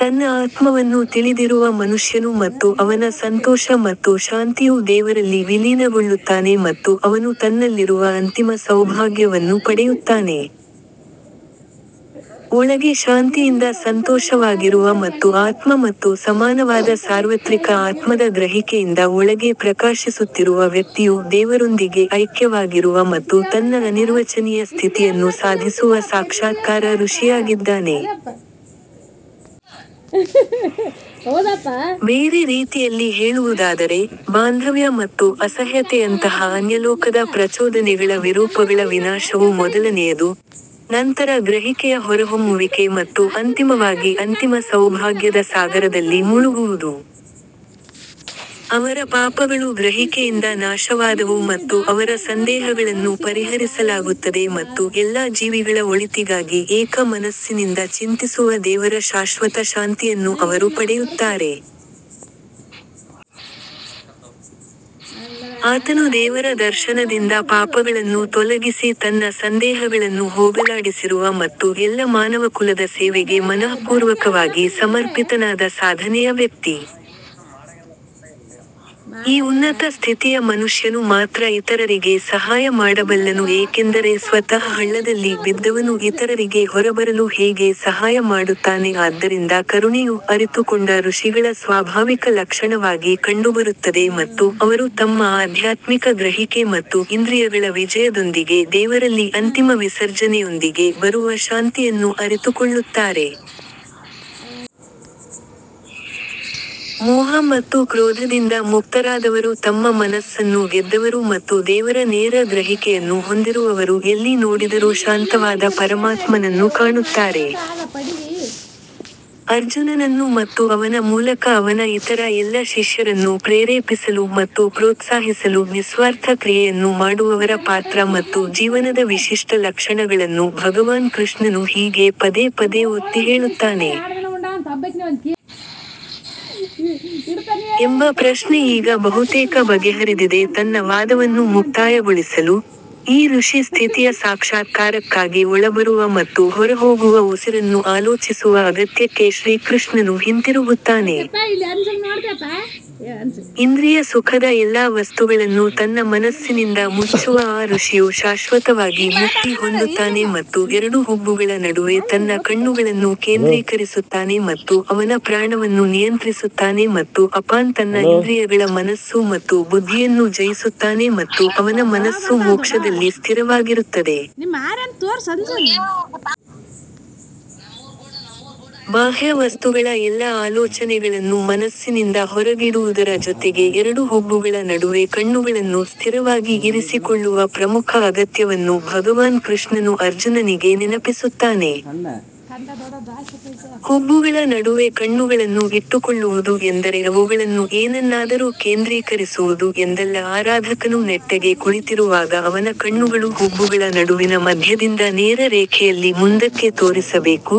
ತನ್ನ ಆತ್ಮವನ್ನು ತಿಳಿದಿರುವ ಮನುಷ್ಯನು ಮತ್ತು ಅವನ ಸಂತೋಷ ಮತ್ತು ಶಾಂತಿಯು ದೇವರಲ್ಲಿ ವಿಲೀನಗೊಳ್ಳುತ್ತಾನೆ ಮತ್ತು ಅವನು ತನ್ನಲ್ಲಿರುವ ಅಂತಿಮ ಸೌಭಾಗ್ಯವನ್ನು ಪಡೆಯುತ್ತಾನೆ. ಒಳಗೆ ಶಾಂತಿಯಿಂದ ಸಂತೋಷವಾಗಿರುವ ಮತ್ತು ಆತ್ಮ ಮತ್ತು ಸಮಾನವಾದ ಸಾರ್ವತ್ರಿಕ ಆತ್ಮದ ಗ್ರಹಿಕೆಯಿಂದ ಒಳಗೆ ಪ್ರಕಾಶಿಸುತ್ತಿರುವ ವ್ಯಕ್ತಿಯು ದೇವರೊಂದಿಗೆ ಐಕ್ಯವಾಗಿರುವ ಮತ್ತು ತನ್ನ ಅನಿರ್ವಚನೀಯ ಸ್ಥಿತಿಯನ್ನು ಸಾಧಿಸುವ ಸಾಕ್ಷಾತ್ಕಾರ ಋಷಿಯಾಗಿದ್ದಾನೆ. ಬೇರೆ ರೀತಿಯಲ್ಲಿ ಹೇಳುವುದಾದರೆ, ಬಾಂಧವ್ಯ ಮತ್ತು ಅಸಹ್ಯತೆಯಂತಹ ಅನ್ಯಲೋಕದ ಪ್ರಚೋದನೆಗಳ ವಿರೂಪಗಳ ವಿನಾಶವು ಮೊದಲನೆಯದು, ನಂತರ ಗ್ರಹಿಕೆಯ ಹೊರಹೊಮ್ಮುವಿಕೆ ಮತ್ತು ಅಂತಿಮವಾಗಿ ಅಂತಿಮ ಸೌಭಾಗ್ಯದ ಸಾಗರದಲ್ಲಿ ಮುಳುಗುವುದು. ಅವರ ಪಾಪಗಳು ಗ್ರಹಿಕೆಯಿಂದ ನಾಶವಾದವು ಮತ್ತು ಅವರ ಸಂದೇಹಗಳನ್ನು ಪರಿಹರಿಸಲಾಗುತ್ತದೆ ಮತ್ತು ಎಲ್ಲಾ ಜೀವಿಗಳ ಒಳಿತಿಗಾಗಿ ಏಕ ಮನಸ್ಸಿನಿಂದ ಚಿಂತಿಸುವ ದೇವರ ಶಾಶ್ವತ ಶಾಂತಿಯನ್ನು ಅವರು ಪಡೆಯುತ್ತಾರೆ. ಆತನು ದೇವರ ದರ್ಶನದಿಂದ ಪಾಪಗಳನ್ನು ತೊಲಗಿಸಿ ತನ್ನ ಸಂದೇಹಗಳನ್ನು ಹೋಗಲಾಡಿಸಿರುವ ಮತ್ತು ಎಲ್ಲ ಮಾನವಕುಲದ ಸೇವೆಗೆ ಮನಃಪೂರ್ವಕವಾಗಿ ಸಮರ್ಪಿತನಾದ ಸಾಧನೆಯ ವ್ಯಕ್ತಿ. ಈ ಉನ್ನತ ಸ್ಥಿತಿಯ ಮನುಷ್ಯನು ಮಾತ್ರ ಇತರರಿಗೆ ಸಹಾಯ ಮಾಡಬಲ್ಲನು ಏಕೆಂದರೆ ಸ್ವತಃ ಹಳ್ಳದಲ್ಲಿ ಬಿದ್ದವನು ಇತರರಿಗೆ ಹೊರಬರಲು ಹೇಗೆ ಸಹಾಯ ಮಾಡುತ್ತಾನೆ ಆದ್ದರಿಂದ ಕರುಣೆಯು ಅರಿತುಕೊಂಡ ಋಷಿಗಳ ಸ್ವಾಭಾವಿಕ ಲಕ್ಷಣವಾಗಿ ಕಂಡುಬರುತ್ತದೆ ಮತ್ತು ಅವರು ತಮ್ಮ ಆಧ್ಯಾತ್ಮಿಕ ಗ್ರಹಿಕೆ ಮತ್ತು ಇಂದ್ರಿಯಗಳ ವಿಜಯದೊಂದಿಗೆ ದೇವರಲ್ಲಿ ಅಂತಿಮ ವಿಸರ್ಜನೆಯೊಂದಿಗೆ ಬರುವ ಶಾಂತಿಯನ್ನು ಅರಿತುಕೊಳ್ಳುತ್ತಾರೆ. ಮೋಹ ಮತ್ತು ಕ್ರೋಧದಿಂದ ಮುಕ್ತರಾದವರು ತಮ್ಮ ಮನಸ್ಸನ್ನು ಗೆದ್ದವರು ಮತ್ತು ದೇವರ ನೇರ ಗ್ರಹಿಕೆಯನ್ನು ಹೊಂದಿರುವವರು ಎಲ್ಲಿ ನೋಡಿದರೂ ಶಾಂತವಾದ ಪರಮಾತ್ಮನನ್ನು ಕಾಣುತ್ತಾರೆ. ಅರ್ಜುನನನ್ನು ಮತ್ತು ಅವನ ಮೂಲಕ ಅವನ ಇತರ ಎಲ್ಲ ಶಿಷ್ಯರನ್ನು ಪ್ರೇರೇಪಿಸಲು ಮತ್ತು ಪ್ರೋತ್ಸಾಹಿಸಲು ನಿಸ್ವಾರ್ಥ ಕ್ರಿಯೆಯನ್ನು ಮಾಡುವವರ ಪಾತ್ರ ಮತ್ತು ಜೀವನದ ವಿಶಿಷ್ಟ ಲಕ್ಷಣಗಳನ್ನು ಭಗವಾನ್ ಕೃಷ್ಣನು ಹೀಗೆ ಪದೇ ಪದೇ ಒತ್ತಿಹೇಳುತ್ತಾನೆ. ಎಂಬ ಪ್ರಶ್ನೆ ಈಗ ಬಹುತೇಕ ಬಗೆಹರಿದಿದೆ ತನ್ನ ವಾದವನ್ನು ಮುಕ್ತಾಯಗೊಳಿಸಲು, ಈ ಋಷಿ ಸ್ಥಿತಿಯ ಸಾಕ್ಷಾತ್ಕಾರಕ್ಕಾಗಿ ಒಳಬರುವ ಮತ್ತು ಹೊರಹೋಗುವ ಉಸಿರನ್ನು ಆಲೋಚಿಸುವ ಅಗತ್ಯಕ್ಕೆ ಶ್ರೀಕೃಷ್ಣನು ಹಿಂತಿರುಗುತ್ತಾನೆ. ಇಂದ್ರಿಯ ಸುಖದ ಎಲ್ಲಾ ವಸ್ತುಗಳನ್ನು ತನ್ನ ಮನಸ್ಸಿನಿಂದ ಮುಚ್ಚುವ ಆ ಋಷಿಯು ಶಾಶ್ವತವಾಗಿ ಮುಕ್ತಿ ಹೊಂದುತ್ತಾನೆ ಮತ್ತು ಎರಡು ಹುಬ್ಬುಗಳ ನಡುವೆ ತನ್ನ ಕಣ್ಣುಗಳನ್ನು ಕೇಂದ್ರೀಕರಿಸುತ್ತಾನೆ ಮತ್ತು ಅವನ ಪ್ರಾಣವನ್ನು ನಿಯಂತ್ರಿಸುತ್ತಾನೆ ಮತ್ತು ಅಪಾನ್ ತನ್ನ ಇಂದ್ರಿಯಗಳ ಮನಸ್ಸು ಮತ್ತು ಬುದ್ಧಿಯನ್ನು ಜಯಿಸುತ್ತಾನೆ ಮತ್ತು ಅವನ ಮನಸ್ಸು ಮೋಕ್ಷದಲ್ಲಿ ಸ್ಥಿರವಾಗಿರುತ್ತದೆ. ಬಾಹ್ಯ ವಸ್ತುಗಳ ಎಲ್ಲಾ ಆಲೋಚನೆಗಳನ್ನು ಮನಸ್ಸಿನಿಂದ ಹೊರಗಿಡುವುದರ ಜೊತೆಗೆ ಎರಡು ಹುಬ್ಬುಗಳ ನಡುವೆ ಕಣ್ಣುಗಳನ್ನು ಸ್ಥಿರವಾಗಿ ಇರಿಸಿಕೊಳ್ಳುವ ಪ್ರಮುಖ ಅಗತ್ಯವನ್ನು ಭಗವಾನ್ ಕೃಷ್ಣನು ಅರ್ಜುನನಿಗೆ ನೆನಪಿಸುತ್ತಾನೆ. ಹುಬ್ಬುಗಳ ನಡುವೆ ಕಣ್ಣುಗಳನ್ನು ಇಟ್ಟುಕೊಳ್ಳುವುದು ಎಂದರೆ ಅವುಗಳನ್ನು ಏನನ್ನಾದರೂ ಕೇಂದ್ರೀಕರಿಸುವುದು ಎಂದಲ್ಲ ಆರಾಧಕನು ನೆಟ್ಟಗೆ ಕುಳಿತಿರುವಾಗ ಅವನ ಕಣ್ಣುಗಳು ಹುಬ್ಬುಗಳ ನಡುವಿನ ಮಧ್ಯದಿಂದ ನೇರ ರೇಖೆಯಲ್ಲಿ ಮುಂದಕ್ಕೆ ತೋರಿಸಬೇಕು,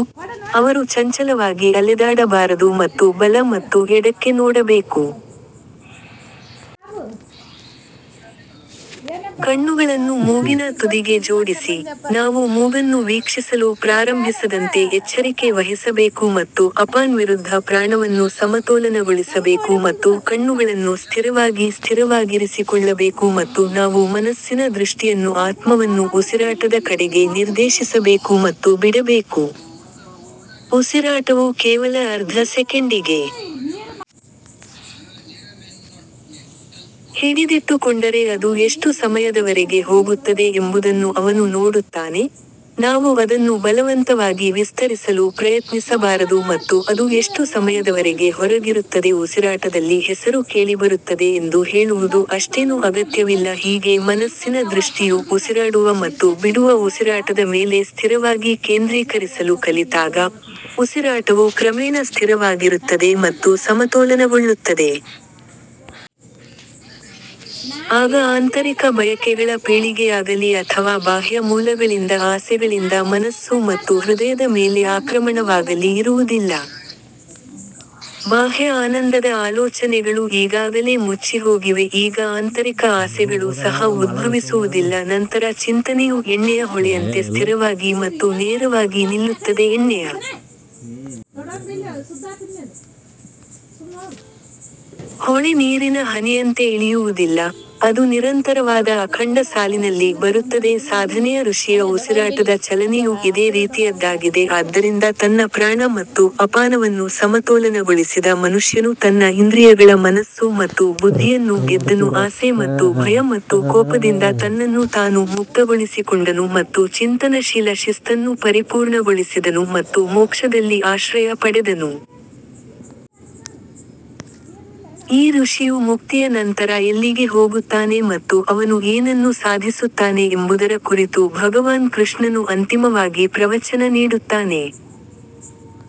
ಅವರು ಚಂಚಲವಾಗಿ ಅಲೆದಾಡಬಾರದು ಮತ್ತು ಬಲ ಮತ್ತು ಎಡಕ್ಕೆ ನೋಡಬೇಕು. ಕಣ್ಣುಗಳನ್ನು ಮೂಗಿನ ತುದಿಗೆ ಜೋಡಿಸಿ, ನಾವು ಮೂಗನ್ನು ವೀಕ್ಷಿಸಲು ಪ್ರಾರಂಭಿಸದಂತೆ ಎಚ್ಚರಿಕೆ ವಹಿಸಬೇಕು ಮತ್ತು ಅಪಾನ್ ವಿರುದ್ಧ ಪ್ರಾಣವನ್ನು ಸಮತೋಲನಗೊಳಿಸಬೇಕು ಮತ್ತು ಕಣ್ಣುಗಳನ್ನು ಸ್ಥಿರವಾಗಿ ಸ್ಥಿರವಾಗಿರಿಸಿಕೊಳ್ಳಬೇಕು ಮತ್ತು ನಾವು ಮನಸ್ಸಿನ ದೃಷ್ಟಿಯನ್ನು ಆತ್ಮವನ್ನು ಉಸಿರಾಟದ ಕಡೆಗೆ ನಿರ್ದೇಶಿಸಬೇಕು ಮತ್ತು ಬಿಡಬೇಕು. ಉಸಿರಾಟವು ಕೇವಲ ಅರ್ಧ ಸೆಕೆಂಡಿಗೆ ಹಿಡಿದಿಟ್ಟುಕೊಂಡರೆ ಅದು ಎಷ್ಟು ಸಮಯದವರೆಗೆ ಹೋಗುತ್ತದೆ ಎಂಬುದನ್ನು ಅವನು ನೋಡುತ್ತಾನೆ, ನಾವು ಅದನ್ನು ಬಲವಂತವಾಗಿ ವಿಸ್ತರಿಸಲು ಪ್ರಯತ್ನಿಸಬಾರದು ಮತ್ತು ಅದು ಎಷ್ಟು ಸಮಯದವರೆಗೆ ಹೊರಗಿರುತ್ತದೆ ಉಸಿರಾಟದಲ್ಲಿ ಹೆಸರು ಕೇಳಿಬರುತ್ತದೆ ಎಂದು ಹೇಳುವುದು ಅಷ್ಟೇನೂ ಅಗತ್ಯವಿಲ್ಲ ಹೀಗೆ ಮನಸ್ಸಿನ ದೃಷ್ಟಿಯು ಉಸಿರಾಡುವ ಮತ್ತು ಬಿಡುವ ಉಸಿರಾಟದ ಮೇಲೆ ಸ್ಥಿರವಾಗಿ ಕೇಂದ್ರೀಕರಿಸಲು ಕಲಿತಾಗ, ಉಸಿರಾಟವು ಕ್ರಮೇಣ ಸ್ಥಿರವಾಗಿರುತ್ತದೆ ಮತ್ತು ಸಮತೋಲನಗೊಳ್ಳುತ್ತದೆ. ಆಗ ಆಂತರಿಕ ಬಯಕೆಗಳ ಪೀಳಿಗೆಯಾಗಲೀ ಅಥವಾ ಬಾಹ್ಯ ಮೂಲಗಳಿಂದ ಆಸೆಗಳಿಂದ ಮನಸ್ಸು ಮತ್ತು ಹೃದಯದ ಮೇಲೆ ಆಕ್ರಮಣವಾಗಲೀ ಇರುವುದಿಲ್ಲ. ಬಾಹ್ಯ ಆನಂದದ ಆಲೋಚನೆಗಳು ಈಗಾಗಲೇ ಮುಚ್ಚಿಹೋಗಿವೆ ಈಗ ಆಂತರಿಕ ಆಸೆಗಳು ಸಹ ಉದ್ಭವಿಸುವುದಿಲ್ಲ ನಂತರ ಚಿಂತನೆಯು ಎಣ್ಣೆಯ ಹೊಳೆಯಂತೆ ಸ್ಥಿರವಾಗಿ ಮತ್ತು ನೇರವಾಗಿ ನಿಲ್ಲುತ್ತದೆ ಎಣ್ಣೆಯ ಹೊಳೆ ನೀರಿನ ಹನಿಯಂತೆ ಇಳಿಯುವುದಿಲ್ಲ, ಅದು ನಿರಂತರವಾದ ಅಖಂಡ ಸಾಲಿನಲ್ಲಿ ಬರುತ್ತದೆ ಸಾಧನೆಯ ಋಷಿಯ ಉಸಿರಾಟದ ಚಲನೆಯು ಇದೇ ರೀತಿಯದ್ದಾಗಿದೆ ಆದ್ದರಿಂದ ತನ್ನ ಪ್ರಾಣ ಮತ್ತು ಅಪಾನವನ್ನು ಸಮತೋಲನಗೊಳಿಸಿದ ಮನುಷ್ಯನು ತನ್ನ ಇಂದ್ರಿಯಗಳ ಮನಸ್ಸು ಮತ್ತು ಬುದ್ಧಿಯನ್ನು ಗೆದ್ದನು ಆಸೆ ಮತ್ತು ಭಯ ಮತ್ತು ಕೋಪದಿಂದ ತನ್ನನ್ನು ತಾನು ಮುಕ್ತಗೊಳಿಸಿಕೊಂಡನು ಮತ್ತು ಚಿಂತನಶೀಲ ಶಿಸ್ತನ್ನು ಪರಿಪೂರ್ಣಗೊಳಿಸಿದನು ಮತ್ತು ಮೋಕ್ಷದಲ್ಲಿ ಆಶ್ರಯ ಪಡೆದನು. ಈ ಋಷಿಯು ಮುಕ್ತಿಯ ನಂತರ ಎಲ್ಲಿಗೆ ಹೋಗುತ್ತಾನೆ ಮತ್ತು ಅವನು ಏನನ್ನು ಸಾಧಿಸುತ್ತಾನೆ ಎಂಬುದರ ಕುರಿತು ಭಗವಾನ್ ಕೃಷ್ಣನು ಅಂತಿಮವಾಗಿ ಪ್ರವಚನ ನೀಡುತ್ತಾನೆ.